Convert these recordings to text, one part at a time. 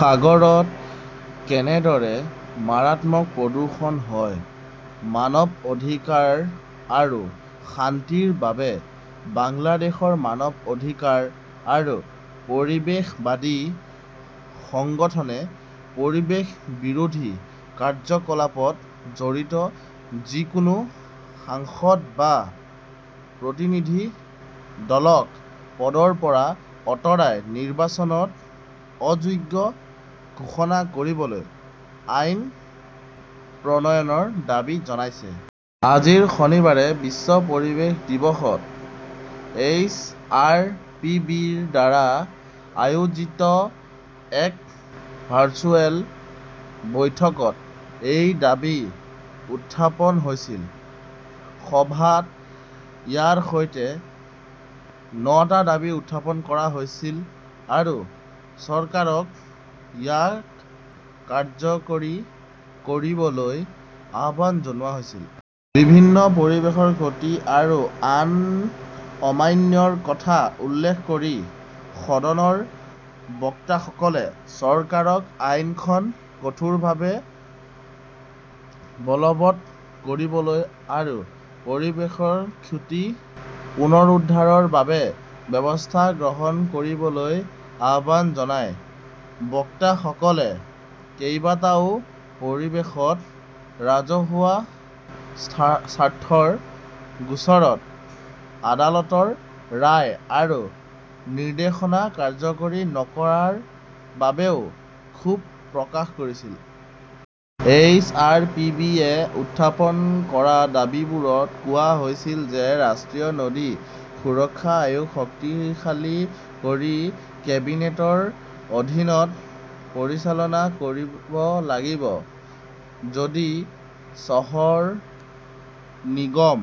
সাগৰত কেনেদৰে মাৰাত্মক প্ৰদূষণ হয় মানৱ অধিকাৰ আৰু শান্তিৰ বাবে বাংলাদেশৰ মানৱ অধিকাৰ আৰু পৰিৱেশবাদী সংগঠনে পৰিৱেশ বিৰোধী কাৰ্যকলাপত জড়িত যিকোনো সাংসদ বা প্ৰতিনিধি দলক পদৰ পৰা আঁতৰাই নিৰ্বাচনত অযোগ্য ঘোষণা কৰিবলৈ আইন প্ৰণয়নৰ দাবী জনাইছে। আজি শনিবাৰে বিশ্ব পৰিৱেশ দিৱসত এইচ. আৰ. পি. বি. -ৰ দ্বাৰা আয়োজিত এক ভাৰ্চুৱেল বৈঠকত এই দাবী উত্থাপন হৈছিল। সভাত ইয়াৰ সৈতে নটা দাবী উত্থাপন কৰা হৈছিল আৰু চৰকাৰক ইয়াক কাৰ্যকৰী কৰিবলৈ আহ্বান জনোৱা হৈছিল। বিভিন্ন পৰিৱেশৰ ক্ষতি আৰু আইন অমান্যৰ কথা উল্লেখ কৰি সদনৰ বক্তাসকলে চৰকাৰক আইনখন কঠোৰভাৱে বলৱৎ কৰিবলৈ আৰু পৰিৱেশৰ ক্ষতি পুনৰুদ্ধাৰৰ বাবে ব্যৱস্থা গ্ৰহণ কৰিবলৈ আহ্বান জনায়। বক্তাসকলে কেইবাটাও পৰিৱেশগত ৰাজহুৱা স্বাৰ্থৰ গোচৰত আদালতৰ ৰায় আৰু নিৰ্দেশনা কাৰ্যকৰী নকৰাৰ বাবেও ক্ষোভ প্ৰকাশ কৰিছিল। এইচ. আৰ. পি. বি. য়ে উত্থাপন কৰা দাবীবোৰত কোৱা হৈছে যে ৰাষ্ট্ৰীয় নদী সুৰক্ষা আয়োগক শক্তিশালী কৰি কেবিনেটৰ অধীনত পৰিচালনা কৰিব লাগিব। যদি চহৰ নিগম,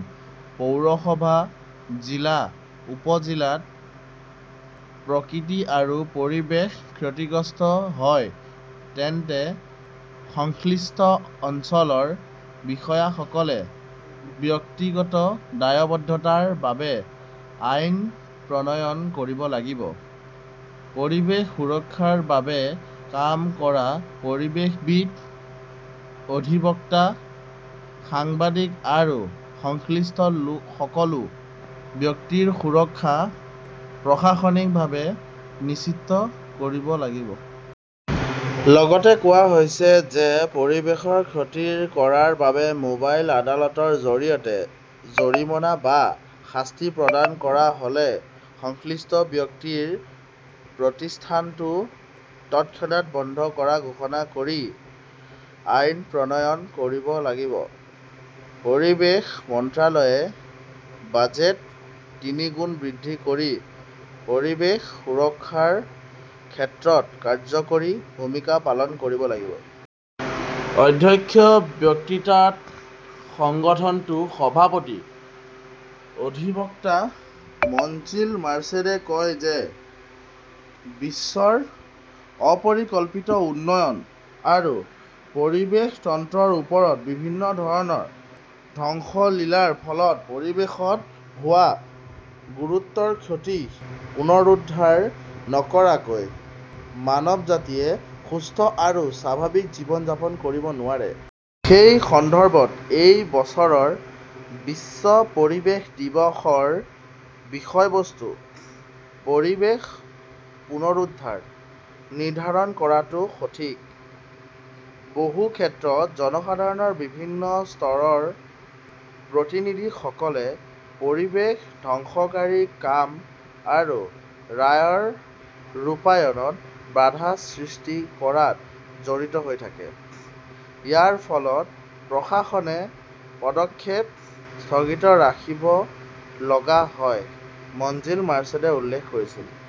পৌৰসভা, জিলা, উপ জিলাত প্ৰকৃতি আৰু পৰিৱেশ ক্ষতিগ্ৰস্ত হয় তেন্তে সংশ্লিষ্ট অঞ্চলৰ বিষয়াসকলে ব্যক্তিগত দায়বদ্ধতাৰ বাবে আইন প্ৰণয়ন কৰিব লাগিব; পৰিৱেশ সুৰক্ষাৰ বাবে কাম কৰা পৰিৱেশবিদ, অধিবক্তা, সাংবাদিক আৰু সংশ্লিষ্ট সকলো ব্যক্তিৰ সুৰক্ষা প্ৰশাসনিকভাৱে নিশ্চিত কৰিব লাগিব। লগতে কোৱা হৈছে যে পৰিৱেশৰ ক্ষতি কৰাৰ বাবে মোবাইল আদালতৰ জৰিয়তে জৰিমনা বা শাস্তি প্ৰদান কৰা হ'লে সংশ্লিষ্ট ব্যক্তিৰ প্ৰতিষ্ঠানটো তৎক্ষণাত বন্ধ কৰা ঘোষণা কৰি আইন প্ৰণয়ন কৰিব লাগিব। পৰিৱেশ মন্ত্ৰালয়ে বাজেট তিনিগুণ বৃদ্ধি কৰি পৰিৱেশ সুৰক্ষাৰ ক্ষেত্ৰত কাৰ্যকৰী ভূমিকা পালন কৰিব লাগিব। অধ্যক্ষীয় বক্তৃতাত সংগঠনটোৰ সভাপতি অধিবক্তা মনজিল মৰ্ছেদে কয় যে বিশ্বৰ অপৰিকল্পিত উন্নয়ন আৰু পৰিৱেশ তন্ত্ৰৰ ওপৰত বিভিন্ন ধৰণৰ ধ্বংসলীলাৰ ফলত পৰিৱেশত হোৱা গুৰুতৰ ক্ষতি পুনৰুদ্ধাৰ নকৰাকৈ মানৱজাতিয়ে সুস্থ আৰু স্বাভাৱিক জীৱন যাপন কৰিব নোৱাৰে। সেই সন্দৰ্ভত এই বছৰৰ বিশ্ব পৰিৱেশ দিৱসৰ বিষয়বস্তু "পৰিৱেশ পুনৰুদ্ধাৰ "নিৰ্ধাৰণ কৰাটো সঠিক। বহু ক্ষেত্ৰত জনসাধাৰণৰ বিভিন্ন স্তৰৰ প্ৰতিনিধিসকলে পৰিৱেশ ধ্বংসকাৰী কাম আৰু ৰায়ৰ ৰূপায়ণত বাধা সৃষ্টি কৰাত জড়িত হৈ থাকে। ইয়াৰ ফলত প্ৰশাসনে পদক্ষেপ স্থগিত ৰাখিব লগা হয়, মনজিল মৰ্ছেদে উল্লেখ কৰিছিল।